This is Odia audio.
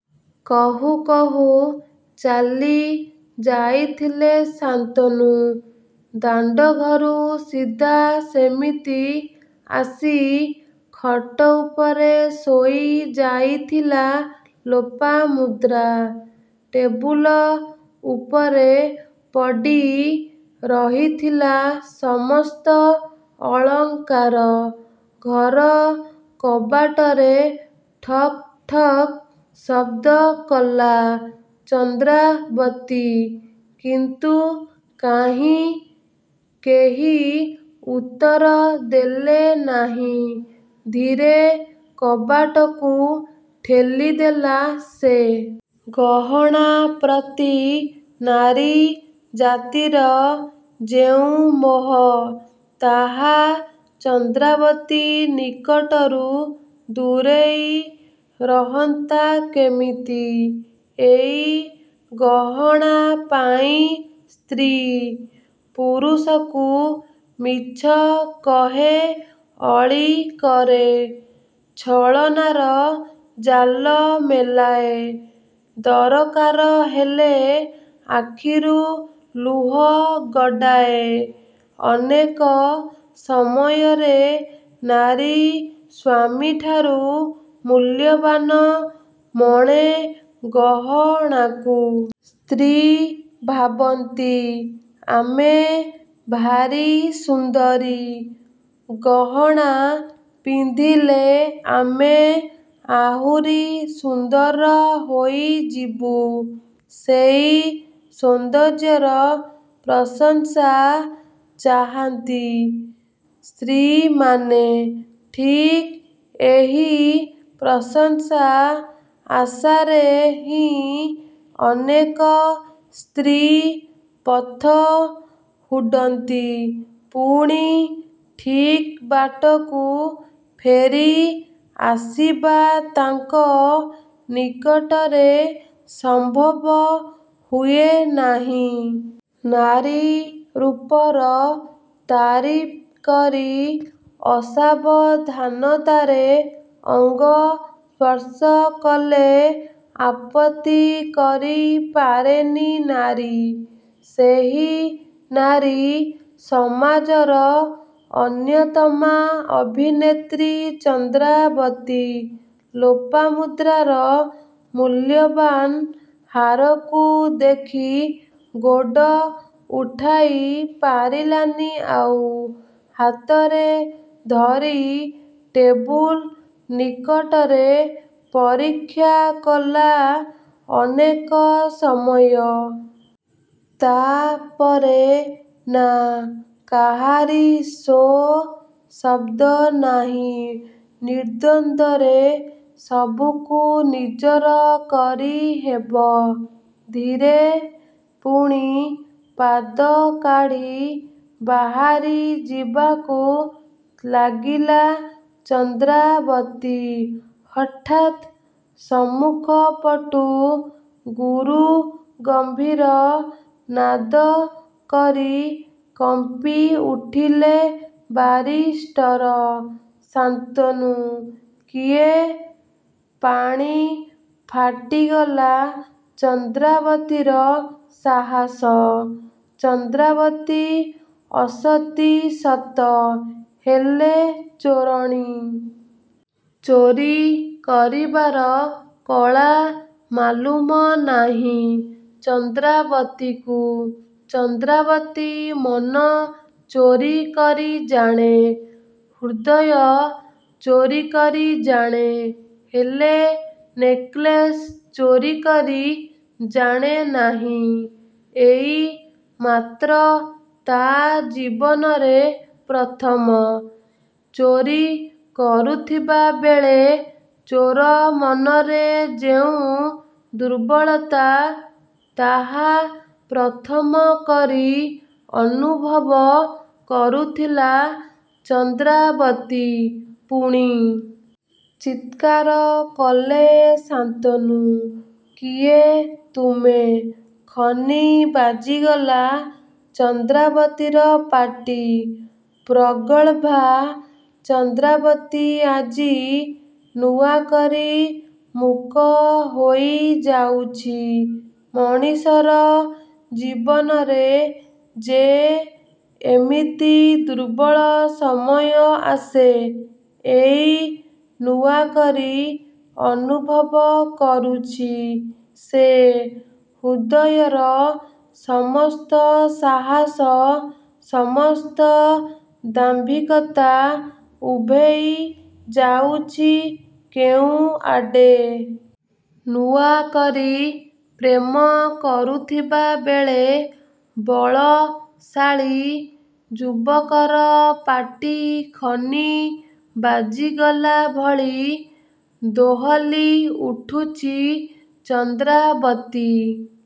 କହୁ କହୁ ଚାଲି ଯାଇଥିଲେ ଶାନ୍ତନୁ। ଦାଣ୍ଡଘରୁ ସିଧା ସେମିତି ଆସି ଖଟ ଉପରେ ଶୋଇ ଯାଇଥିଲା ଲୋପାମୁଦ୍ରା। ଟେବୁଲ ଉପରେ ପଡ଼ି ରହିଥିଲା ସମସ୍ତ ଅଳଙ୍କାର। ଘର କବାଟରେ ଠକ୍ ଠକ୍ ଶବ୍ଦ କଲା ଚନ୍ଦ୍ରାବତୀ। କିନ୍ତୁ କାହିଁ, କେହି ଉତ୍ତର ଦେଲେ ନାହିଁ। ଧୀରେ କବାଟକୁ ଠେଲିଦେଲା ସେ। ଗହଣା ପ୍ରତି ନାରୀ ଜାତିର ଯେଉଁ ମୋହ, ତାହା ଚନ୍ଦ୍ରାବତୀ ନିକଟରୁ ଦୂରେଇ ରହନ୍ତା କେମିତି? ଏଇ ଗହଣା ପାଇଁ ସ୍ତ୍ରୀ, ପୁରୁଷକୁ ମିଛ କହେ ଅଳି କରେ ଛଳନାର ଜାଲ ମେଲାଏ, ଦରକାର ହେଲେ ଆଖିରୁ ଲୁହ ଗଡ଼ାଏ। ଅନେକ ସମୟରେ ନାରୀ ସ୍ୱାମୀଠାରୁ ମୂଲ୍ୟବାନ ମଣେ ଗହଣାକୁ। ସ୍ତ୍ରୀ ଭାବନ୍ତି ଆମେ ଭାରି ସୁନ୍ଦରୀ, ଗହଣା ପିନ୍ଧିଲେ ଆମେ ଆହୁରି ସୁନ୍ଦର ହୋଇଯିବୁ। ସେଇ ସୌନ୍ଦର୍ଯ୍ୟର ପ୍ରଶଂସା ଚାହାନ୍ତି ସ୍ତ୍ରୀମାନେ। ଠିକ୍ ଏହି ପ୍ରଶଂସା ଆଶାରେ ହିଁ ଅନେକ ସ୍ତ୍ରୀ ପଥ ହୁଡ଼ନ୍ତି। ପୁଣି ଠିକ୍ ବାଟକୁ ଫେରି ଆସିବା ତାଙ୍କ ନିକଟରେ ସମ୍ଭବ ହୁଏନାହିଁ। ନାରୀ ରୂପର ତାରିଫ୍ କରି ଅସାବଧାନତାରେ ଅଙ୍ଗ ସ୍ପର୍ଶ କଲେ ଆପତ୍ତି କରି ପାରେନି ନାରୀ। ସେହି ନାରୀ ସମାଜର ଅନ୍ୟତମା ଅଭିନେତ୍ରୀ ଚନ୍ଦ୍ରାବତୀ। ଲୋପାମୁଦ୍ରାର ମୂଲ୍ୟବାନ୍ ହାରକୁ ଦେଖି ଗୋଡ଼ ଉଠାଇ ପାରିଲାନି ଆଉ। ହାତରେ ଧରି ଟେବୁଲ୍ ନିକଟରେ ପରୀକ୍ଷା କଲା ଅନେକ ସମୟ। ତାପରେ ନା କାହାରି ସୋ ଶବ୍ଦ ନାହିଁ ନିର୍ଦ୍ଦନ୍ଦ୍ୱରେ ସବୁକୁ ନିଜର କରି ହେବ। ଧୀରେ ପୁଣି ପାଦ କାଢ଼ି ବାହାରି ଯିବାକୁ ଲାଗିଲା ଚନ୍ଦ୍ରାବତୀ। ହଠାତ୍ ସମ୍ମୁଖପଟୁ ଗୁରୁଗମ୍ଭୀର ନାଦ କରି କମ୍ପିଉଠିଲେ ବାରିଷ୍ଟର ଶାନ୍ତନୁ, କିଏ? ପାଣି ଫାଟିଗଲା ଚନ୍ଦ୍ରାବତୀର ସାହସ। ଚନ୍ଦ୍ରାବତୀ ଅସତୀ ସତ, ହେଲେ ଚୋରଣୀ ନୁହେଁ। ଚୋରି କରିବାର କଳା ମାଲୁମ ନାହିଁ ଚନ୍ଦ୍ରାବତୀକୁ। ଚନ୍ଦ୍ରାବତୀ ମନ ଚୋରି କରି ଜାଣେ, ହୃଦୟ ଚୋରି କରି ଜାଣେ, ହେଲେ ନେକ୍ଲେସ୍ ଚୋରି କରି ଜାଣେ ନାହିଁ। ଏଇ ମାତ୍ର ତା' ଜୀବନରେ ପ୍ରଥମ। ଚୋରି କରୁଥିବା ବେଳେ ଚୋର ମନରେ ଯେଉଁ ଦୁର୍ବଳତା, ତାହା ପ୍ରଥମ କରି ଅନୁଭବ କରୁଥିଲା ଚନ୍ଦ୍ରାବତୀ। ପୁଣି ଚିତ୍କାର କଲେ ଶାନ୍ତନୁ କିଏ ତୁମେ? ଖନି ବାଜିଗଲା ଚନ୍ଦ୍ରାବତୀର ପାଟି। ପ୍ରଗଳ୍ଭା ଚନ୍ଦ୍ରାବତୀ ଆଜି ନୂଆକରି ମୂକ ହୋଇଯାଉଛି। ମଣିଷର ଜୀବନରେ ଯେ ଏମିତି ଦୁର୍ବଳ ସମୟ ଆସେ ଏଇ ନୂଆକରି ଅନୁଭବ କରୁଛି ସେ। ହୃଦୟର ସମସ୍ତ ସାହସ, ସମସ୍ତ ଦାମ୍ଭିକତା ଉଭେଇ ଯାଉଛି କେଉଁଆଡ଼େ। ନୂଆ କରି ପ୍ରେମ କରୁଥିବା ବେଳେ ବଳଶାଳୀ ଯୁବକର ପାଟି ଖନି ବାଜିଗଲା ଭଳି, ଦୋହଲି ଉଠୁଛି ଚନ୍ଦ୍ରାବତୀ।